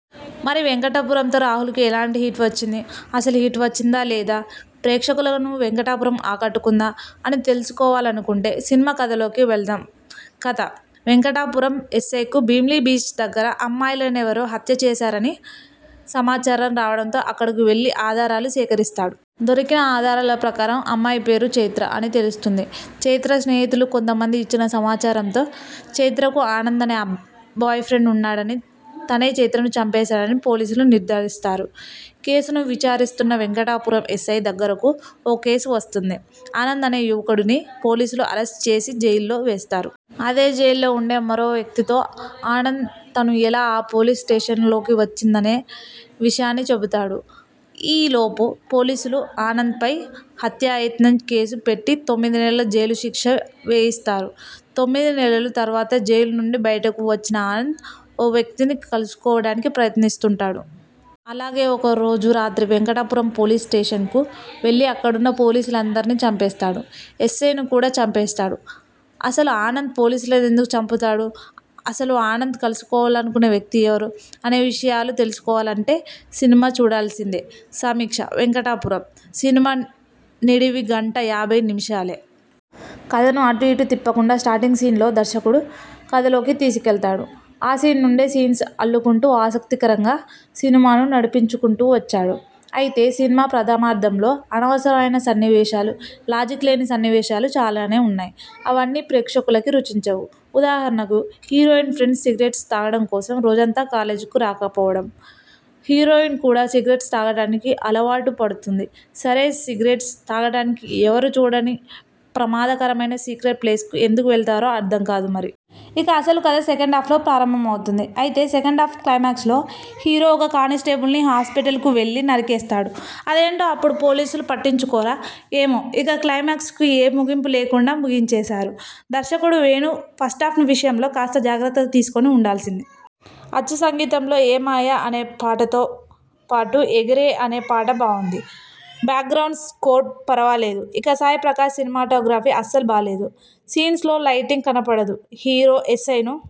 మరి వెంకటాపురంతో రాహుల్కు ఎలాంటి హిట్ వచ్చింది? అసలు హిట్ వచ్చిందా? లేదా? ప్రేక్షకులను వెంకటాపురం ఆకట్టుకుందా? అని తెలుసు కోవాలనుకుంటే సినిమా కథలోకి వెళదాం కథ వెంకటాపురం ఎస్సైకు భీమిలి బీచ్ దగ్గర అమ్మాయిలనెవరో హత్య చేశారని సమాచారం రావడంతో అక్కడకు వెళ్ళి ఆధారాలు సేకరిస్తాడు. దొరికిన ఆధారాల ప్రకారం అమ్మాయి పేరు ఛైత్ర అని తెలుస్తుంది. ఛైత్ర స్నేహితులు కొంత మంది ఇచ్చిన సమాచారంతో ఛైత్రకు ఆనంద్ అనే బాయ్ఫ్రెండ్ ఉన్నాడని, తనే ఛైత్రను చంపేశాడని పోలీసులు నిర్దారిస్తారు. కేసును విచారిస్తున్న వెంకటాపురం ఎస్సై దగ్గరకు ఓ కేసు వస్తుంది. ఆనంద్ అనే యువకుడిని పోలీసులు అరెస్ట్ చేసి జైల్లో వేస్తారు. అదే జైల్లో ఉండే మరో వ్యక్తితో ఆనంద్ తను ఎలా ఆ పోలీస్ స్టేషన్లోకి వచ్చిందనే విషయాన్ని చెబుతాడు. ఈ లోపు పోలీసులు ఆనంద్పై హత్యాయత్నం కేసు పెట్టి తొమ్మిది నెలలు జైలు శిక్ష వేయిస్తారు. తొమ్మిది నెలలు తర్వాత జైలు నుండి బయటకు వచ్చిన ఆనంద్, ఓ వ్యక్తిని కలుసుకోవడానికి ప్రయత్నిస్తుంటాడు. అలాగే ఒక రోజు రాత్రి వెంకటాపురం పోలీస్ స్టేషన్కు వెళ్ళి అక్కడున్న పోలీసులందరినీ చంపేస్తాడు. ఎస్సైను కూడా చంపేస్తాడు. అసలు ఆనంద్ పోలీసులనెందుకు చంపుతాడు? అసలు ఆనంద్ కలుసుకోవాలనుకునే వ్యక్తి ఎవరు? అనే విషయాలు తెలుసుకోవాలంటే సినిమా చూడాల్సిందే సమీక్ష 'వెంకటాపురం' సినిమా నిడివి గంట యాబై నిమిషాలే. కథను అటు ఇటు తిప్పకుండా స్టార్టింగ్ సీన్లో దర్శకుడు కథలోకి తీసుకెళతాడు. ఆ సీన్ నుండే సీన్స్ను అల్లుకుంటూ, ఆసక్తి కరంగా సినిమాను నడింపిచుకుంటూ వచ్చాడు. అయితే సినిమా ప్రథమార్థంలో అనవసరమైన సన్నివేశాలు, లాజిక్ లేని సన్నివేశాలు చాలానే ఉన్నాయి. అవన్నీ ప్రేక్షకుడికి రుచించవు. ఉదాహరణకు హీరోయిన్ ఫ్రెండ్స్ సిగరెట్స్ తాగడం కోసం రోజంతా కాలేజ్కు రాకపోవడం, హీరోయిన్ కూడా సిగరెట్స్ త్రాగడానికి అలవాటు పడుతుంది సరే సిగరెట్స్ తాగడానికి ఎవరూ చూడని ప్రమాద కరమైన సీక్రెట్ ప్లేస్కు ఎందుకు వెళ్తారో అర్థం కాదు మరి. ఇక అసలు కథ సెకండాఫ్లో ప్రారంభం అవుతుంది. అయితే సెకండాఫ్ క్లైమాక్స్లో హీరో ఓ కానిస్టేబుల్ను హాస్పిటల్కు వెళ్లి నరికేస్తాడు. అదేంటో అప్పుడు పోలీసులు పట్టించుకోరా ఏమో ఇక క్లైమాక్స్ను ఏ ముగింపు లేకుండా ముగించేశారు. దర్శకుడు వేణు ఫస్టాఫ్ విషయంలో కాస్తా జాగ్రత్త తీసుకుని ఉండాల్సింది. అచ్చు సంగీతంలో ఏ మాయ అనే పాటతో పాటు ఎగిరే అనే పాట బావుంది. బ్యాక్గ్రౌండ్స్ స్కోర్ పరావాలేదు. ఇక సాయి ప్రకాష్ సినిమాటోగ్రఫీ అస్సలు బాలేదు. సీన్స్లో లైటింగ్ కనపడదు హీరో, ఎస్సైను